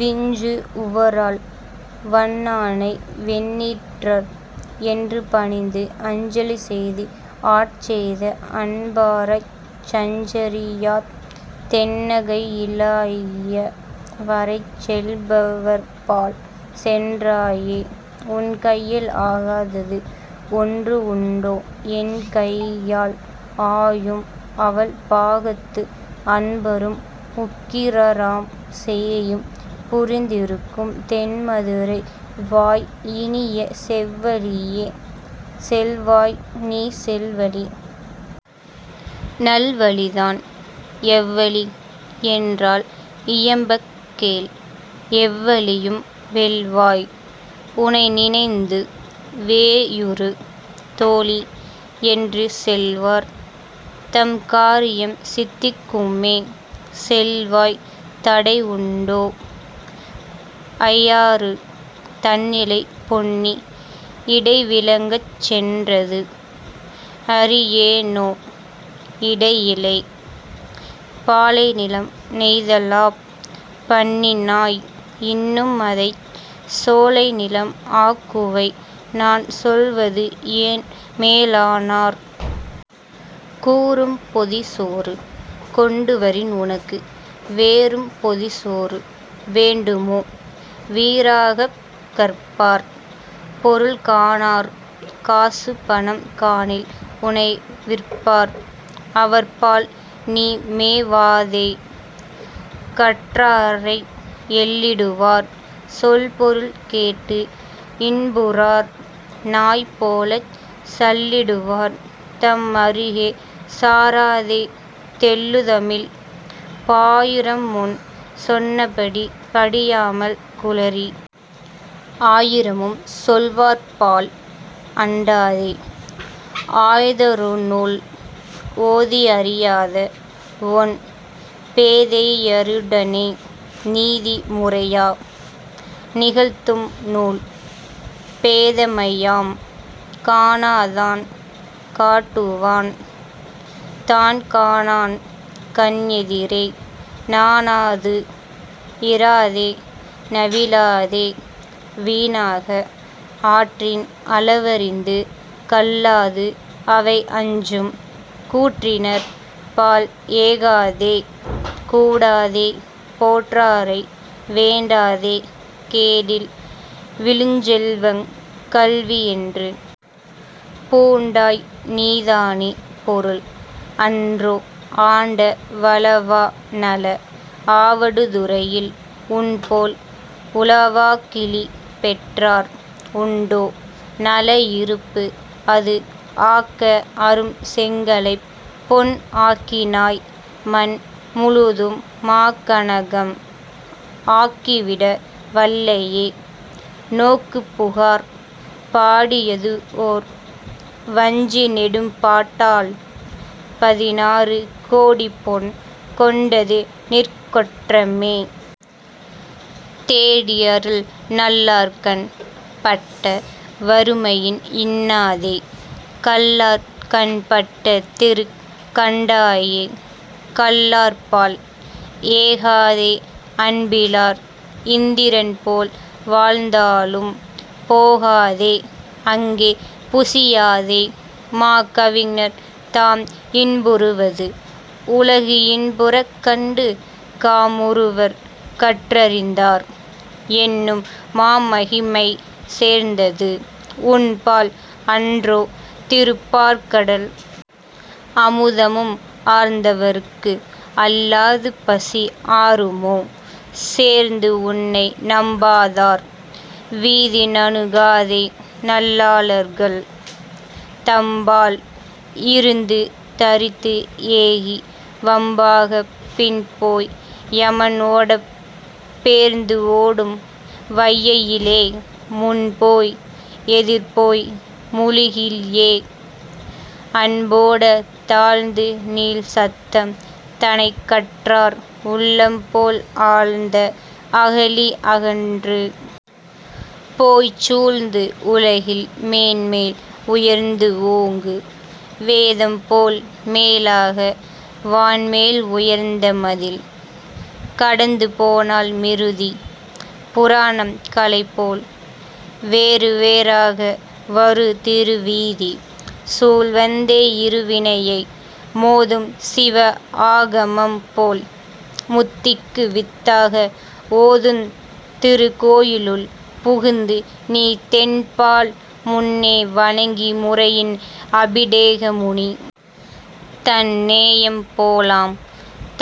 விஞ்சு உவரால் வண்ணானை வெண்ணீற்றர் என்றுபணிந்து அஞ்சலி செய்து ஆட்செய்த அன்பராய்ச் சஞ்சரியாத் தென்கையிலாய வரைச் செல்வர்பால் சென்றாயே உன்கையில் ஆகாதது ஒன்று உண்டோ என்கையால் ஆயும் அவள் பாகத்து அன்பரும் உக்கிரராம் சேயும் புரந்திருக்கும் தென்மதுரை வாய் இனிய செவ்வழியே செல்வாய் நீ செல்வழி நல்வழிதான் எவ்வழி என்றால் இயம்பக் கேள் எவ்வழியும் வெல்வாய் உனைநினைந்து வேயுறு தோளி என்று செல்வார் தம் காரியம் சித்திக்குமே செல்வாய் தடைஉண்டோ ஐயாறு தன்னிலே பொன்னி இடைவிலங்கச் சென்றது அறியேனோ இடையிலே பாலைநிலம் நெய்தலாப் பண்ணினாய் இன்னும்அதைச் சோலைநிலம் ஆக்குவை நான் சொல்லுவதுஎன் மேலானார் கூறும் பொதிசோறு கொண்டுவரின் உனக்கு வேறும் பொதிசோறு வேண்டுமோ வீறாகக் கற்பார் பொருள்காணார் காசுபணம் காணில் உனை விற்பார் அவர்பால் நீ மேவாதே கற்றாரை எள்ளிடுவார் சொல்பொருள் கேட்டு இன்புறார் நாய் போலச் சள்ளிடுவார் தம் அருகே சாராதே தெள்ளுதமிழ்ப் பாயிரம்முன் சொன்னபடி படியாமல் குழறி ஆயிரமும் சொல்வார்பால் அண்டாதே ஆய்தருநூல் ஓதிஅறியாத ஒண் பேதையருடனே நீதி முறையா நிகழ்த்தும் நூல் பேதமையாம் காணாதான் காட்டுவான் தான்காணான் கண்எதிரே நாணாது இராதே நவிலாதே வீணாக ஆற்றின் அளவறிந்து கல்லாது அவைஅஞ்சும் கூற்றினர் பால் ஏகாதே கூடாதே போற்றாரை வேண்டாதே கேடில் விழுச்செல்வங் கல்விஎன்று பூண்டாய் நீதானே பொருள் அன்றோ ஆண்ட வலவா நல ஆவடுதுறையில் உன்போல் உலவாக்கிழி பெற்றார் உண்டோ நல இருப்புஅது ஆக்க அரும் செங்கலைப் பொன் ஆக்கினாய் மண் முழுதும் மாக்கனகம் ஆக்கிவிட வல்லையே நோக்கு புகார் பாடியதுஓர் வஞ்சி நெடும்பாட்டால் பதினாறு கோடிபொன் கொண்டது நின்கொற்றமே தேடி அருள் நல்லார்கண் பட்ட வறுமையின் இன்னாதே கல்லார் கண் பட்ட திருக் கண்டாயே கல்லார்பால் ஏகாதே அன்பிலார் இந்திரன்போல் வாழ்ந்தாலும் போகாதே அங்கே புசியாதே மாகவிஞர் தாம் இன்புறுவது உலகு இன்புறக் கண்டு காமுறுவர் கற்றரிந்தார் என்னும் மாமகிமை சேர்ந்தது உன்பால் அன்றோ திருப்பாற்கடல் அமுதம் ஆர்ந்தவர்க்கு அல்லாது பசி ஆறுமோ சேர்ந்து உன்னை நம்பாதார் வீதி நணுகாதே நல்லார்கள் தம்பால் இருந்து தரித்து ஏகி வம்பாகப் பின்போய் யமன்ஓடப் பேர்ந்துஓடும் வையையிலே முன்போய் எதிர்போய் முழுகியே அன்போட தாழ்ந்து நீள் சத்தம் தனைக் கற்றார் உள்ளம்போல் ஆழ்ந்த அகழி அகன்று போய்ச் சூழ்ந்து உலகில் மேன்மேல் உயர்ந்துஓங்கு வேதம்போல் மேலாக வான்மேல் உயர்ந்த மதில் கடந்து போனால் மிருதி புராணம் கலைபோல் வேறுவேறாக வரு திருவீதி சூழ்வந்தே இருவினையை மோதும் சிவஆகமம்போல் முத்திக்கு வித்தாக ஓதுந் திருக்கோயிலுள் புகுந்து நீ தென்பால் முன்னே வணங்கி முறையின் அபிடேகமுனி தன் நேயம் போலாம்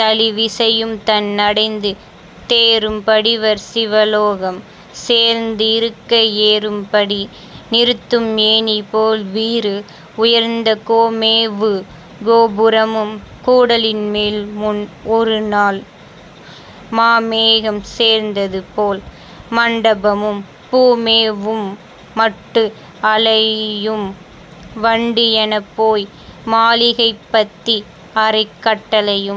தளவிசையும் தன் அடைந்து தேறும் படிவர் சிவலோகம் சேர்ந்து இருக்க ஏறும் படி நிறுத்தும் ஏணிபோல் வீறு உயர்ந்த கோமேவு கோபுரமும் கூடலின்மேல் முன் ஒருநால் மாமேகம் சேர்ந்தது போல் மண்டபமும் பூமேவும் மட்டு அளையும் வண்டுஎனப்போய் மாளிகைப்பத்தி அறைக் கட்டளையும்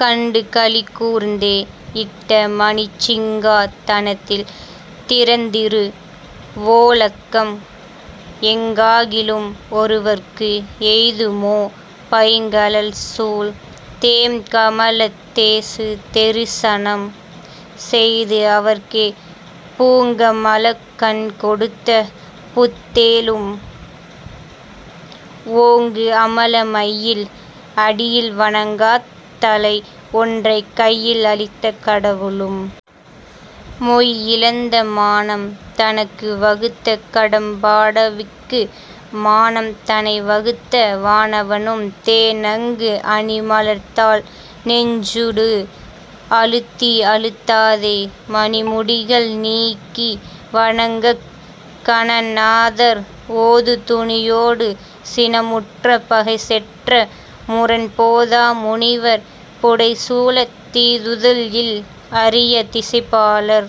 கண்டு களி கூர்ந்தே இட்ட மணிச் சிங்கா தனத்தில் சிறந்ததிரு வோலக்கம் எங்காகிலும் ஒருவர்க்கு எய்துமோ பைங்கழல் சூழ் தேம்கமலத் தேசு தெரிசனம் செய்து அவர்க்கே பூங்கமலக் கண் கொடுத்த புத்தேளும் -ஓங்கு அமல மையில் அடியில் வணங்காத் தலை ஒன்றைக் கையில் அளித்த கடவுளும் மொய் இழந்த மானம் தனக்கு வகுத்த கடம்பாடவிக்கு மானம் தனை வகுத்த வானவனும்- தேன் அங்கு அணி மலர்த்தாள் நெஞ்சூடு அழுத்தி அழுத்தாதே மணிமுடிகள் நீக்கி வணங்கக் கணநாதர் ஓதுதுனியோடு சினம் உற்ற பகை செற்ற முரண் போத முனிவர் புடைசூழத் தீதுஇல் அரிய திசைப்பாலர்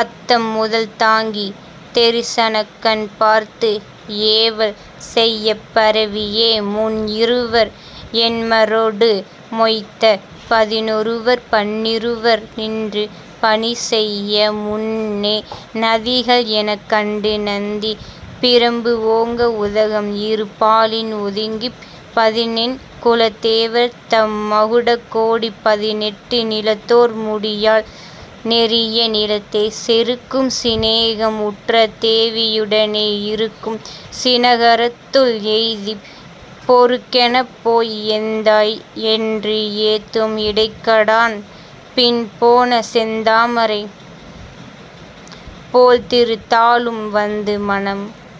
அத்தம் முதல் தாங்கி தெரிசனக் கண் பார்த்து ஏவல் செய்யப் பரவியே முன்இருவர் எண்மரொடு மொய்த்த பதினொருவர் பன்னிருவர் நின்று பணிசெய்ய முன்னே நதிகள் எனக்கண்டு நந்தி பிரம்பு ஓங்க உதகம் இருபாலின் ஒதுங்கிப் பதினெண் குலத்தேவர் தம் மகுடகோடி பதினெட்டு நிலத்தோர் முடியால் நெரிய நிலத்தே செருக்கும் சிநேகம் உற்ற தேவியுடனே இருக்கும் சினகரத்துள் எய்திப் பொருக்கெனப்போய் எந்தாய் என்று ஏத்தும் இடைக்காடன் பின்போன செந்தாமரை போல் திருத்தாளும் வந்து மனம்।